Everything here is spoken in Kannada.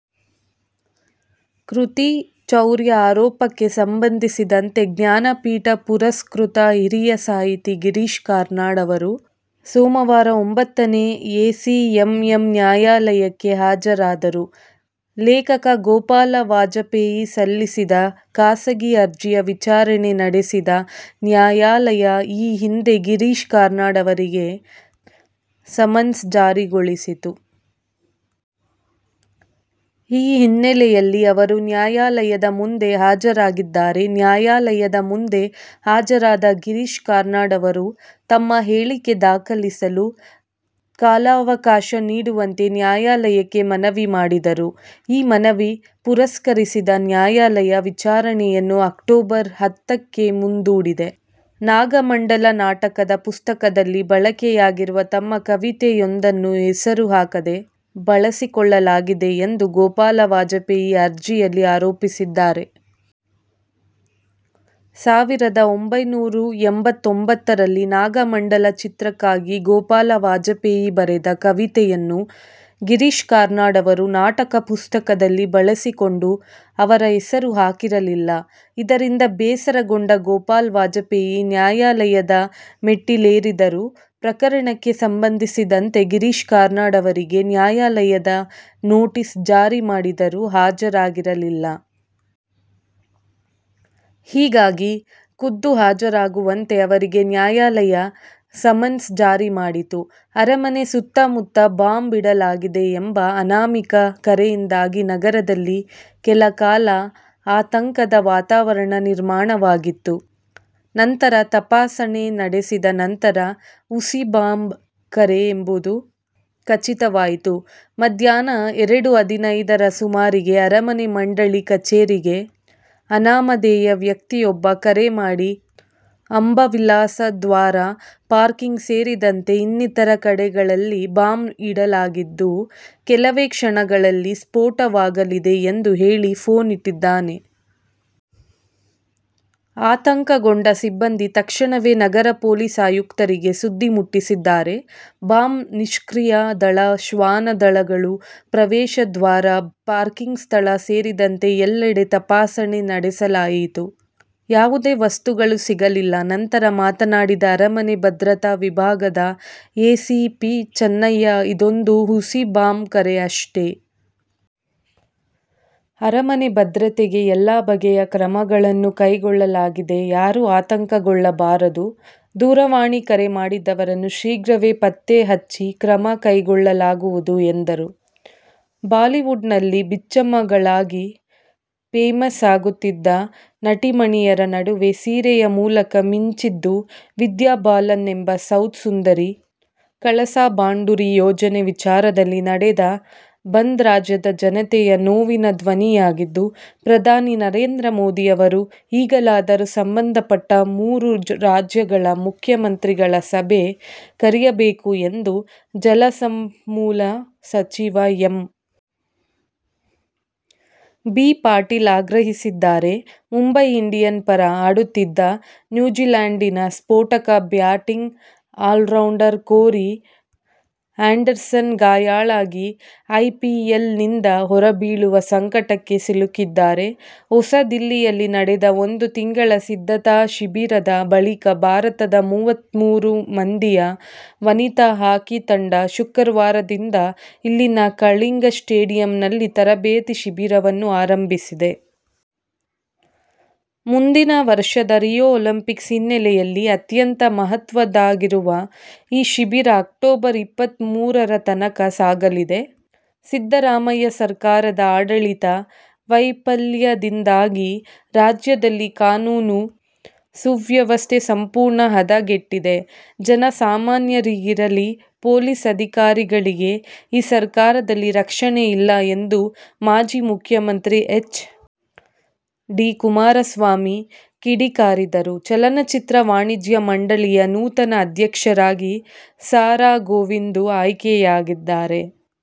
ಕೃತಿ ಚೌರ್ಯ ಆರೋಪಕ್ಕೆ ಸಂಬಂಧಿಸಿದಂತೆ ಜ್ಞಾನಪೀಠ ಪುರಸ್ಕೃತ ಹಿರಿಯ ಸಾಹಿತಿ ಗಿರೀಶ್ ಕಾರ್ನಾಡ್ ಅವರು ಸೋಮವಾರ ಒಂಬತ್ತನೇ ಎ ಸಿ ಎಂ ಎಂ ನ್ಯಾಯಾಲಯಕ್ಕೆ ಹಾಜರಾದರು. ಲೇಖಕ ಗೋಪಾಲ ವಾಜಪೇಯಿ ಸಲ್ಲಿಸಿದ ಖಾಸಗಿ ಅರ್ಜಿಯ ವಿಚಾರಣೆ ನಡೆಸಿದ್ದ ನ್ಯಾಯಾಲಯ ಈ ಹಿಂದೆ ಗಿರೀಶ್ ಕಾರ್ನಾಡ್ ಅವರಿಗೆ ಸಮನ್ಸ್ ಜಾರಿ ಗೊಳಿಸಿತ್ತು. ಈ ಹಿನ್ನೆಲೆಯಲ್ಲಿ ಅವರು ನ್ಯಾಯಾಲಯದ ಮುಂದೆ ಹಾಜರಾಗಿದ್ದಾರೆ. ನ್ಯಾಯಾಲಯದ ಮುಂದೆ ಹಾಜರಾದ ಗಿರೀಶ್ ಕಾರ್ನಾಡ್ ಅವರು ತಮ್ಮ ಹೇಳಿಕೆ ದಾಖಲಿಸಲು ಕಾಲಾವಕಾಶ ನೀಡುವಂತೆ ನ್ಯಾಯಾಲಯಕ್ಕೆ ಮನವಿ ಮಾಡಿದರು. ಈ ಮನವಿ ಪುರಸ್ಕರಿಸಿದ ನ್ಯಾಯಾಲಯ ವಿಚಾರಣೆಯನ್ನು ಅಕ್ಟೋಬರ್ ಹತ್ತ ಕ್ಕೆ ಮುಂದೂಡಿದೆ. ನಾಗಮಂಡಲ ನಾಟಕದ ಪುಸ್ತಕದಲ್ಲಿ ಬಳಕೆಯಾಗಿರುವ ತಮ್ಮ ಕವಿತೆಯೊಂದನ್ನು ಹೆಸರು ಹಾಕದೆ ಬಳಸಿಕೊಳ್ಳಲಾಗಿದೆ ಎಂದು ಗೋಪಾಲ ವಾಜಪೇಯಿ ಅರ್ಜಿಯಲ್ಲಿ ಆರೋಪಿಸಿದ್ದಾರೆ. ಸಾವಿರದ ಒಂಬೈನೂರ ಎಂಬತ್ತೊಂಬತ್ತರಲ್ಲಿ ನಾಗಮಂಡಲ ಚಿತ್ರಕ್ಕಾಗಿ ಗೋಪಾಲ ವಾಜಪೇಯಿ ಬರೆದ ಕವಿತೆಯನ್ನು ಗಿರೀಶ್ ಕಾರ್ನಾಡ್ ಅವರು ನಾಟಕ ಪುಸ್ತಕದಲ್ಲಿ ಬಳಸಿಕೊಂಡು ಅವರ ಹೆಸರು ಹಾಕಿರಲಿಲ್ಲ. ಇದರಿಂದ ಬೇಸರಗೊಂಡ ಗೋಪಾಲ ವಾಜಪೇಯಿ ನ್ಯಾಯಾಲಯದ ಮೆಟ್ಟಿಲೇರಿದ್ದರು. ಪ್ರಕರಣಕ್ಕೆ ಸಂಬಂಧಿಸಿದಂತೆ ಗಿರೀಶ್ ಕಾರ್ನಾಡ್ ಅವರಿಗೆ ನ್ಯಾಯಾಲಯ ನೊಟೀಸ್ ಜಾರಿ ಮಾಡಿದ್ದರೂ ಹಾಜರಾಗಿರಲಿಲ್ಲ. ಹೀಗಾಗಿ ಖುದ್ದು ಹಾಜರಾಗುವಂತೆ ಅವರಿಗೆ ನ್ಯಾಯಾಲಯ ಸಮನ್ಸ್ ಜಾರಿ ಮಾಡಿತ್ತು. ಅರಮನೆ ಸುತ್ತಮುತ್ತ ಬಾಂಬ್ ಇಡಲಾಗಿದೆ ಎಂಬ ಅನಾಮಿಕ ಕರೆಯಿಂದಾಗಿ ನಗರದಲ್ಲಿ ಕೆಲಕಾಲ ಆತಂಕದ ವಾತಾವರಣ ನಿರ್ಮಾಣವಾಗಿತ್ತು. ನಂತರ ತಪಾಸಣೆ ನಡೆಸಿದ ನಂತರ ಹುಸಿ ಬಾಂಬ್ ಕರೆ ಎಂಬುದು ಖಚಿತವಾಯಿತು. ಮಧ್ಯಾಹ್ನ ಎರಡು ಹದಿನೈದರ ಸುಮಾರಿಗೆ ಅರಮನೆ ಮಂಡಳಿ ಕಚೇರಿಗೆ ಅನಾಮಧೇಯ ವ್ಯಕ್ತಿಯೊಬ್ಬ ಕರೆ ಮಾಡಿ ಅಂಬಾವಿಲಾಸ ದ್ವಾರ, ಪಾರ್ಕಿಂಗ್ ಸೇರಿದಂತೆ ಇನ್ನಿತರ ಕಡೆಗಳಲ್ಲಿ ಬಾಂಬ್ ಇಡಲಾಗಿದ್ದು, ಕೆಲವೇ ಕ್ಷಣಗಳಲ್ಲಿ ಸ್ಫೋಟವಾಗಲಿದೆ ಎಂದು ಹೇಳಿ ಫೋನ್ ಇಟ್ಟಿದ್ದಾನೆ. ಆತಂಕಗೊಂಡ ಸಿಬ್ಬಂದಿ ತಕ್ಷಣವೇ ನಗರ ಪೊಲೀಸ್ ಆಯುಕ್ತರಿಗೆ ಸುದ್ದಿ ಮುಟ್ಟಿಸಿದ್ದಾರೆ. ಬಾಂಬ್ ನಿಷ್ಕ್ರಿಯ ದಳ, ಶ್ವಾನ ದಳಗಳು ಪ್ರವೇಶ ದ್ವಾರ, ಪಾರ್ಕಿಂಗ್ ಸ್ಥಳ ಸೇರಿದಂತೆ ಎಲ್ಲೆಡೆ ತಪಾಸಣೆ ನಡೆಸಲಾಯಿತು. ಯಾವುದೇ ವಸ್ತುಗಳು ಸಿಗಲಿಲ್ಲ. ನಂತರ ಮಾತನಾಡಿದ ಅರಮನೆ ಭದ್ರತಾ ವಿಭಾಗದ ಎ ಸಿ ಪಿ ಚನ್ನಯ್ಯ, ಇದೊಂದು ಹುಸಿ ಬಾಂಬ್ ಕರೆ ಅಷ್ಟೆ. ಅರಮನೆ ಭದ್ರತೆಗೆ ಎಲ್ಲ ಬಗೆಯ ಕ್ರಮಗಳನ್ನು ಕೈಗೊಳ್ಳಲಾಗಿದೆ. ಯಾರು ಆತಂಕಗೊಳ್ಳಬಾರದು. ದೂರವಾಣಿ ಕರೆ ಮಾಡಿದವರನ್ನು ಶೀಘ್ರವೇ ಪತ್ತೆ ಹಚ್ಚಿ ಕ್ರಮ ಕೈಗೊಳ್ಳಲಾಗುವುದು ಎಂದರು. ಬಾಲಿವುಡ್'ನಲ್ಲಿ ಬಿಚ್ಚಮ್ಮಗಳಾಗಿ ಫೇಮಸ್ ಆಗುತ್ತಿದ್ದ ನಟಿಮಣಿಯರ ನಡುವೆ ಸೀರೆಯ ಮೂಲಕ ಮಿಂಚಿದ್ದು ವಿದ್ಯಾ ಬಾಲನ್ ಎಂಬ ಸೌತ್ ಸುಂದರಿ. ಕಳಸಾ-ಬಂಡೂರಿ ಯೋಜನೆ ವಿಚಾರದಲ್ಲಿ ನಡೆದ ಬಂದ್ ರಾಜ್ಯದ ಜನತೆಯ ನೋವಿನ ಧ್ವನಿಯಾಗಿದ್ದು, ಪ್ರಧಾನಿ ನರೇಂದ್ರ ಮೋದಿ ಅವರು ಈಗಲಾದರೂ ಸಂಬಂಧಪಟ್ಟ ಮೂರೂ ರಾಜ್ಯಗಳ ಮುಖ್ಯಮಂತ್ರಿಗಳ ಸಭೆ ಕರೆಯಬೇಕು ಎಂದು ಜಲಸಂಪನ್ಮೂಲ ಸಚಿವ ಎಂ. ಬಿ. ಪಾಟೀಲ್ ಆಗ್ರಹಿಸಿದ್ದಾರೆ. ಮುಂಬೈ ಇಂಡಿಯನ್ಸ್ ಪರ ಆಡುತ್ತಿದ್ದ ನ್ಯೂಜಿಲ್ಯಾಂಡಿನ ಸ್ಫೋಟಕ ಬ್ಯಾಟಿಂಗ್ ಆಲ್ರೌಂಡರ್ ಕೋರಿ ಆ್ಯಂಡರ್ಸನ್ ಗಾಯಾಳಾಗಿ ಐ ಪಿ ಎಲ್ ನಿಂದ ಹೊರಬೀಳುವ ಸಂಕಟಕ್ಕೆ ಸಿಲುಕಿದ್ದಾರೆ. ಹೊಸದಿಲ್ಲಿಯಲ್ಲಿ ನಡೆದ ಒಂದು ತಿಂಗಳ ಸಿದ್ಧತಾ ಶಿಬಿರದ ಬಳಿಕ ಭಾರತದ ಮೂವತ್ಮೂರು ಮಂದಿಯ ವನಿತಾ ಹಾಕಿ ತಂಡ ಶುಕ್ರವಾರದಿಂದ ಇಲ್ಲಿನ "ಕಳಿಂಗಾ ಸ್ಟೇಡಿಯಂ'ನಲ್ಲಿ ತರಬೇತಿ ಶಿಬಿರವನ್ನು ಆರಂಭಿಸಿದೆ. ಮುಂದಿನ ವರ್ಷದ ರಿಯೋ ಒಲಿಂಪಿಕ್ಸ್ ಹಿನ್ನೆಲೆಯಲ್ಲಿ ಅತ್ಯಂತ ಮಹತ್ವದ್ದಾಗಿರುವ ಈ ಶಿಬಿರ ಅಕ್ಟೋಬರ್ ಇಪ್ಪತ್ಮೂರರ ತನಕ ಸಾಗಲಿದೆ. ಸಿದ್ದರಾಮಯ್ಯ ಸರ್ಕಾರದ ಆಡಳಿತ ವೈಫಲ್ಯದಿಂದಾಗಿ ರಾಜ್ಯದಲ್ಲಿ ಕಾನೂನು ಸುವ್ಯವಸ್ಥೆ ಸಂಪೂರ್ಣ ಹದಗೆಟ್ಟಿದೆ, ಜನ ಸಾಮಾನ್ಯರಿಗಿರಲಿ ಪೊಲೀಸ್ ಅಧಿಕಾರಿಗಳಿಗೇ ಈ ಸರ್ಕಾರದಲ್ಲಿ ರಕ್ಷಣೆ ಇಲ್ಲ ಎಂದು ಮಾಜಿ ಮುಖ್ಯಮಂತ್ರಿ ಎಚ್. ಡಿ. ಕುಮಾರಸ್ವಾಮಿ ಕಿಡಿಕಾರಿದರು. ಚಲನಚಿತ್ರ ವಾಣಿಜ್ಯ ಮಂಡಳಿಯ ನೂತನ ಅಧ್ಯಕ್ಷರಾಗಿ ಸಾ. ರಾ ಗೋವಿಂದು ಆಯ್ಕೆಯಾಗಿದ್ದಾರೆ.